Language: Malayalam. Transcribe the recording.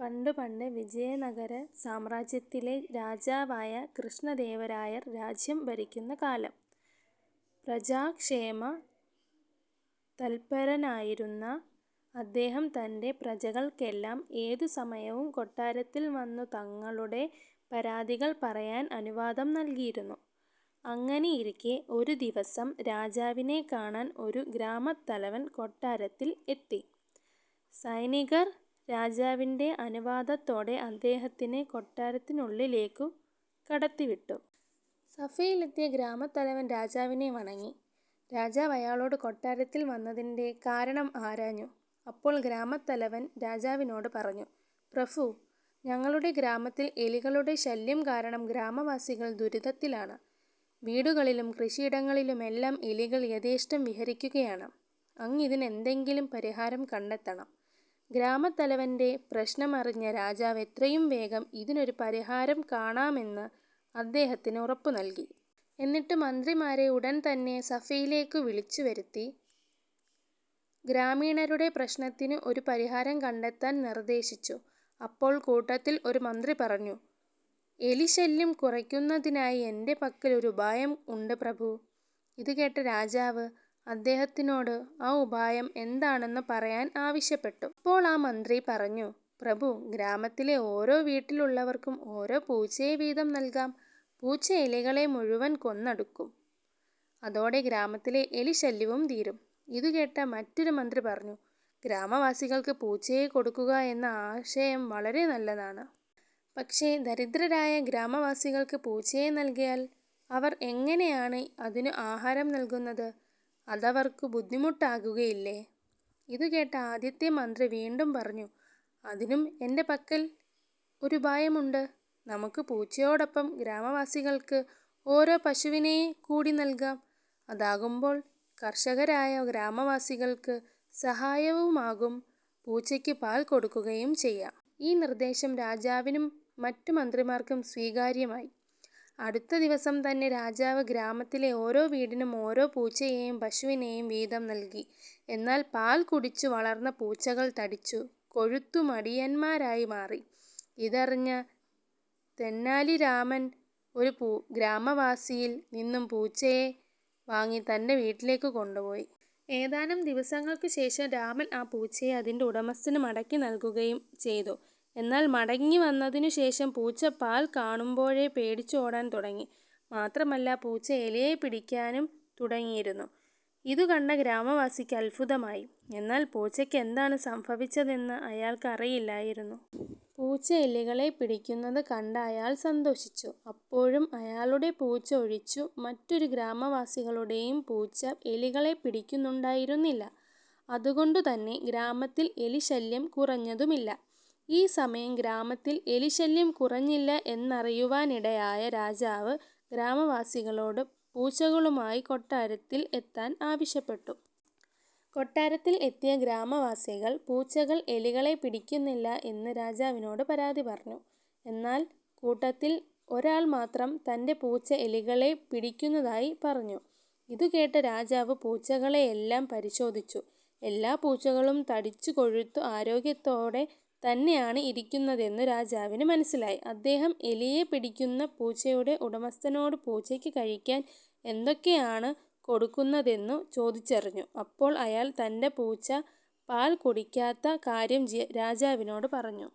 പണ്ടു പണ്ട് വിജയനഗര സാമ്രാജ്യത്തിലെ രാജാവായ കൃഷ്ണദേവരായർ രാജ്യം ഭരിക്കുന്ന കാലം. പ്രജാക്ഷേമ തൽപരനായിരുന്ന അദ്ദേഹം തന്റെ പ്രജകൾക്കെല്ലാം ഏതു സമയവും കൊട്ടാരത്തിൽ വന്നു തങ്ങളുടെ പരാതികൾ പറയാൻ അനുവാദം നൽകിയിരുന്നു. അങ്ങനെയിരിക്കെ ഒരു ദിവസം രാജാവിനെ കാണാൻ ഒരു ഗ്രാമത്തലവൻ കൊട്ടാരത്തിൽ എത്തി. സൈനികർ രാജാവിന്റെ അനുവാദത്തോടെ അദ്ദേഹത്തിനെ കൊട്ടാരത്തിനുള്ളിലേക്കു കടത്തിവിട്ടു. സഭയിലെത്തിയ ഗ്രാമത്തലവൻ രാജാവിനെ വണങ്ങി. രാജാവ് അയാളോട് കൊട്ടാരത്തിൽ വന്നതിന്റെ കാരണം ആരാഞ്ഞു. അപ്പോൾ ഗ്രാമത്തലവൻ രാജാവിനോട് പറഞ്ഞു "പ്രഭു, ഞങ്ങളുടെ ഗ്രാമത്തിൽ എലികളുടെ ശല്യം കാരണം ഗ്രാമവാസികൾ ദുരിതത്തിലാണ്. വീടുകളിലും കൃഷിയിടങ്ങളിലുമെല്ലാം എലികൾ യഥേഷ്ടം വിഹരിക്കുകയാണ്. അങ്ങ് ഇതിനെന്തെങ്കിലും പരിഹാരം കണ്ടെത്തണം. " ഗ്രാമത്തലവന്റെ പ്രശ്നം അറിഞ്ഞ രാജാവ് എത്രയും വേഗം ഇതിനൊരു പരിഹാരം കാണാമെന്ന് അദ്ദേഹത്തിന് ഉറപ്പു നൽകി. എന്നിട്ടു മന്ത്രിമാരെ ഉടൻ തന്നെ സഭയിലേക്കു വിളിച്ചു വരുത്തി. ഗ്രാമീണരുടെ പ്രശ്നത്തിനു ഒരു പരിഹാരം കണ്ടെത്താൻ നിർദ്ദേശിച്ചു. അപ്പോൾ കൂട്ടത്തിൽ ഒരു മന്ത്രി പറഞ്ഞു "എലി ശല്യം കുറയ്ക്കുന്നതിനായി എന്റെ പക്കൽ ഒരു ഉപായം ഉണ്ട് പ്രഭു. " ഇതു കേട്ട രാജാവ് അദ്ദേഹത്തിനോട് ആ ഉപായം എന്താണെന്നു പറയാൻ ആവശ്യപ്പെട്ടു. അപ്പോൾ ആ മന്ത്രി പറഞ്ഞു "പ്രഭു, ഗ്രാമത്തിലെ ഓരോ വീട്ടിലുള്ളവർക്കും ഓരോ പൂച്ചയെ വീതം നൽകാം. പൂച്ച എലികളെ മുഴുവൻ കൊന്നൊടുക്കും അതോടെ ഗ്രാമത്തിലെ എലി ശല്യവും തീരും. " ഇതുകേട്ട മറ്റൊരു മന്ത്രി പറഞ്ഞു "ഗ്രാമവാസികൾക്ക് പൂച്ചയെ കൊടുക്കുക എന്ന ആശയം വളരെ നല്ലതാണ്. പക്ഷെ ദരിദ്രരായ ഗ്രാമവാസികൾക്ക് പൂച്ചയെ നൽകിയാൽ അവർ എങ്ങനെയാണ് അതിനു ആഹാരം നൽകുന്നത്? അതവർക്കു ബുദ്ധിമുട്ട് ആകുകയില്ലേ? " ഇതുകേട്ട ആദ്യത്തെ മന്ത്രി വീണ്ടും പറഞ്ഞു "അതിനും എന്റെ പക്കൽ ഒരു ഉപായം ഉണ്ട്. നമുക്ക് പൂച്ചയോടൊപ്പം ഗ്രാമവാസികൾക്ക് ഓരോ പശുവിനെ കൂടി നൽകാം. അതാകുമ്പോൾ കർഷകരായ ഗ്രാമവാസികൾക്ക് സഹായവുമാകും പൂച്ചയ്ക്ക് പാൽ കൊടുക്കുകയും ചെയ്യാം. " ഈ നിർദ്ദേശം രാജാവിനും മറ്റു മന്ത്രിമാർക്കും സ്വീകാര്യമായി. അടുത്ത ദിവസം തന്നെ രാജാവ് ഗ്രാമത്തിലെ ഓരോ വീടിനും ഓരോ പൂച്ചയേയും പശുവിനെയും വീതം നൽകി. എന്നാൽ പാൽ കുടിച്ചു വളർന്ന പൂച്ചകൾ തടിച്ചു കൊഴുത്തു മടിയന്മാരായി മാറി. ഇതറിഞ്ഞ തെന്നാലിരാമൻ ഒരു ഗ്രാമവാസിയിൽ നിന്നും പൂച്ചയെ വാങ്ങി തന്റെ വീട്ടിലേക്കു കൊണ്ടുപോയി. ഏതാനും ദിവസങ്ങൾക്കു ശേഷം രാമൻ ആ പൂച്ചയെ അതിന്റെ ഉടമസ്ഥന് മടക്കി നൽകുകയും ചെയ്തു. എന്നാൽ മടങ്ങി വന്നതിനു ശേഷം പൂച്ച പാൽ കാണുമ്പോഴേ പേടിച്ചു ഓടാൻ തുടങ്ങി. മാത്രമല്ല പൂച്ച എലിയെ പിടിക്കാനും തുടങ്ങിയിരുന്നു. ഇതുകണ്ട ഗ്രാമവാസിക്ക് അത്ഭുതമായി. എന്നാൽ പൂച്ചയ്ക്ക് എന്താണ് സംഭവിച്ചതെന്ന് അയാൾക്ക് അറിയില്ലായിരുന്നു. പൂച്ച എലികളെ പിടിക്കുന്നത് കണ്ട അയാൾ സന്തോഷിച്ചു. അപ്പോഴും അയാളുടെ പൂച്ച ഒഴിച്ചു മറ്റൊരു ഗ്രാമവാസികളുടെയും പൂച്ച എലികളെ പിടിക്കുന്നുണ്ടായിരുന്നില്ല. അതുകൊണ്ടു തന്നെ ഗ്രാമത്തിൽ എലി ശല്യം കുറഞ്ഞതുമില്ല. ഈ സമയം ഗ്രാമത്തിൽ എലി ശല്യം കുറഞ്ഞില്ല എന്നറിയുവാനിടയായ രാജാവ് ഗ്രാമവാസികളോട് പൂച്ചകളുമായി കൊട്ടാരത്തിൽ എത്താൻ ആവശ്യപ്പെട്ടു. കൊട്ടാരത്തിൽ എത്തിയ ഗ്രാമവാസികൾ പൂച്ചകൾ എലികളെ പിടിക്കുന്നില്ല എന്ന് രാജാവിനോട് പരാതി പറഞ്ഞു. എന്നാൽ കൂട്ടത്തിൽ ഒരാൾ മാത്രം തന്റെ പൂച്ച എലികളെ പിടിക്കുന്നതായി പറഞ്ഞു. ഇതുകേട്ട രാജാവ് പൂച്ചകളെയെല്ലാം പരിശോധിച്ചു. എല്ലാ പൂച്ചകളും തടിച്ചു കൊഴുത്തു ആരോഗ്യത്തോടെ തന്നെയാണ് ഇരിക്കുന്നതെന്നു രാജാവിന് മനസിലായി. അദ്ദേഹം എലിയെ പിടിക്കുന്ന പൂച്ചയുടെ ഉടമസ്ഥനോട് പൂച്ചക്ക് കഴിക്കാൻ എന്തൊക്കെയാണ് കൊടുക്കുന്നതെന്നു ചോദിച്ചറിഞ്ഞു. അപ്പോൾ അയാൾ തന്റെ പൂച്ച പാൽ കുടിക്കാത്ത കാര്യം രാജാവിനോട് പറഞ്ഞു.